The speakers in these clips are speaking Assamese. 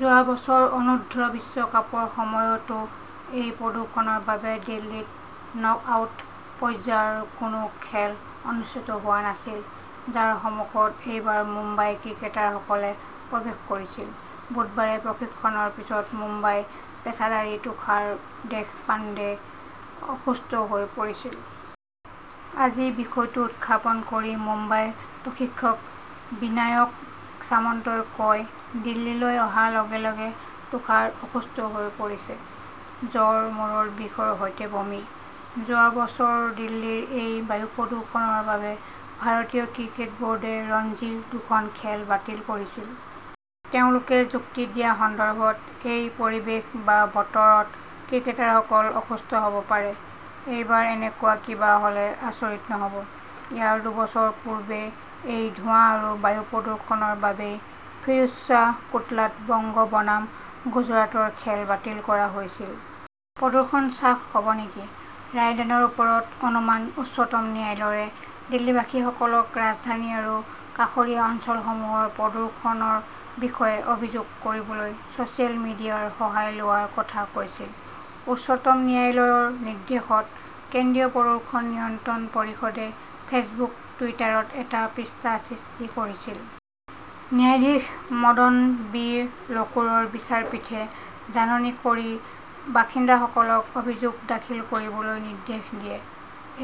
যোৱা বছৰ অনূৰ্ধ্ব- বিশ্বকাপৰ সময়তো এই প্ৰদূষণৰ বাবে দিল্লীত নক-আউট পৰ্যায়ৰ কোনো খেল অনুষ্ঠিত হোৱা নাছিল, যাৰ সন্মুখত এইবাৰ মুম্বাইৰ ক্ৰিকেটাৰসকলে প্ৰৱেশ কৰিছিল। বুধবাৰে প্ৰশিক্ষণৰ পিছত মুম্বাইৰ পেচাদাৰী তুষাৰ দেশপাণ্ডে অসুস্থ হৈ পৰিছিল। আজি বিষয়টো উত্থাপন কৰি মুম্বাইৰ প্ৰশিক্ষক বিনায়ক সামন্তই কয়, "দিল্লীলৈ অহাৰ লগে লগে তুষাৰ অসুস্থ হৈ পৰিছে। জ্বৰ, মূৰৰ বিষৰ সৈতে বমি। যোৱা বছৰ দিল্লীৰ এই বায়ু প্ৰদূষণৰ বাবে ভাৰতীয় ক্ৰিকেট বৰ্ডে ৰঞ্জীৰ দুখন খেল বাতিল কৰিছিল। তেওঁলোকে যুক্তি দিয়া সন্দৰ্ভত, এই পৰিৱেশ বা বতৰত ক্ৰিকেটাৰসকল অসুস্থ হব পাৰে। এইবাৰ এনেকুৱা কিবা হ'লে, আচৰিত নহব। ইয়াৰ দুবছৰ পূৰ্বে এই ধোঁৱা আৰু বায়ু প্ৰদূষণৰ বাবেই ফিৰোজ শ্বাহ কোটলাত বংগ বনাম গুজৰাটৰ খেল বাতিল কৰা হৈছিল। প্ৰদূষণ হ্ৰাস হব নেকি? ৰায়দানৰ ওপৰত অনুমান উচ্চতম ন্যায়ালয়ে দিল্লীবাসীসকলক ৰাজধানী আৰু কাষৰীয়া অঞ্চলসমূহৰ প্ৰদূষণৰ বিষয়ে অভিযোগ কৰিবলৈ ছচিয়েল মিডিয়াৰ সহায় লোৱাৰ কথা কৈছিল। উচ্চতম ন্যায়ালয়ৰ নিৰ্দেশত কেন্দ্ৰীয় প্ৰদূষণ নিয়ন্ত্ৰণ পৰিষদে ফেচবুক-টুইটাৰত এটা পৃষ্ঠা সৃষ্টি কৰিছিল। ন্যায়াধীশ মদন বি লোকুৰৰ বিচাৰপীঠে জাননী জাৰি কৰি বাসিন্দাসকলক অভিযোগ দাখিল কৰিবলৈ নিৰ্দেশ দিয়ে।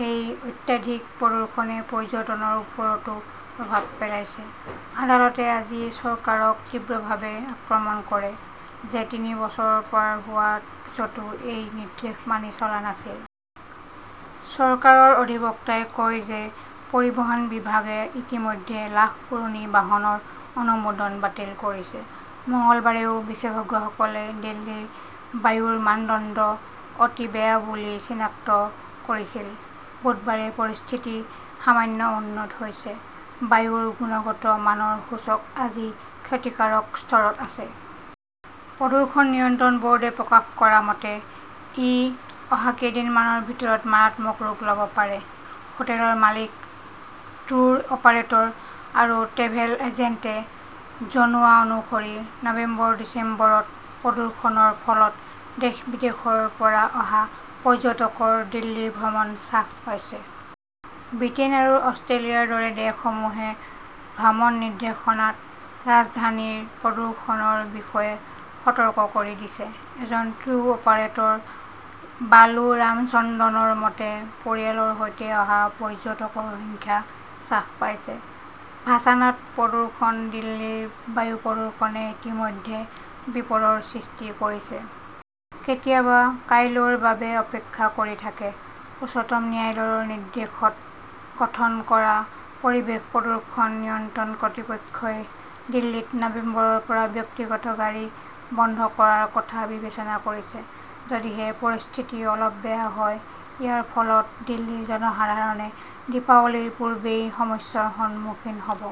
এই অত্যাধিক প্ৰদূষণে পৰ্যটনৰ ওপৰতো প্ৰভাৱ পেলাইছে। আদালতে আজি চৰকাৰক তীব্ৰভাৱে আক্ৰমণ কৰে যে, তিনি বছৰ পাৰ হোৱাৰ পিছতো সেই নিৰ্দেশ মানি চলা নাছিল। চৰকাৰৰ অধিবক্তাই কয় যে, পৰিবহণ বিভাগে ইতিমধ্যে লাখ পুৰণি বাহনৰ অনুমোদন বাতিল কৰিছে। মঙলবাৰেও বিশেষজ্ঞসকলে দিল্লীৰ বায়ুৰ মানদণ্ড অতি বেয়া বুলি চিনাক্ত কৰিছিল। বুধবাৰে পৰিস্থিতি সামান্য উন্নত হৈছে। বায়ুৰ গুণগত মানৰ সূচক আজি ক্ষতিকাৰক স্তৰত আছে। প্ৰদূষণ নিয়ন্ত্ৰণ বোৰ্ডে প্ৰকাশ কৰা মতে, ই অহা কেইদিনমানৰ ভিতৰত "মাৰাত্মক" ৰূপ লব পাৰে। হোটেলৰ মালিক, ট্যুৰ অপাৰেটৰ আৰু ট্ৰেভেল এজেণ্টে জনোৱা অনুসৰি, নৱেম্বৰ-ডিচেম্বৰত প্ৰদূষণৰ ফলত দেশ-বিদেশৰ পৰা অহা পৰ্যটকৰ দিল্লী ভ্ৰমণ হ্ৰাস পাইছে। ব্ৰিটেইন আৰু অষ্ট্ৰেলিয়াৰ দৰে দেশসমূহে ভ্ৰমণ নিৰ্দেশনাত ৰাজধানীৰ প্ৰদূষণৰ বিষয়ে সতৰ্ক কৰি দিছে। এজন ট্যুৰ অপাৰেটৰ বালু ৰামচন্দ্ৰনৰ মতে, "পৰিয়ালৰ সৈতে অহা পৰ্যটকৰ সংখ্যা হ্ৰাস পাইছে"। ভাছানত প্ৰদূষণ দিল্লীৰ বায়ু প্ৰদূষণে ইতিমধ্যে বিপদৰ সৃষ্টি কৰিছে। কেতিয়াবা কাইলৈৰ বাবে অপেক্ষা কৰি থাকে। উচ্চতম ন্যায়ালয়ৰ নিৰ্দেশত গঠন কৰা "পৰিৱেশ প্ৰদূষণ নিয়ন্ত্ৰণ কৰ্তৃপক্ষই" দিল্লীত নৱেম্বৰৰ পৰা ব্যক্তিগত গাড়ী বন্ধ কৰাৰ কথা বিবেচনা কৰিছে, যদিহে পৰিস্থিতি অলপ বেয়া হয়। ইয়াৰ ফলত দিল্লীৰ জনসাধাৰণে দীপাৱলীৰ পূৰ্বেই সমস্যাৰ সন্মুখীন হব।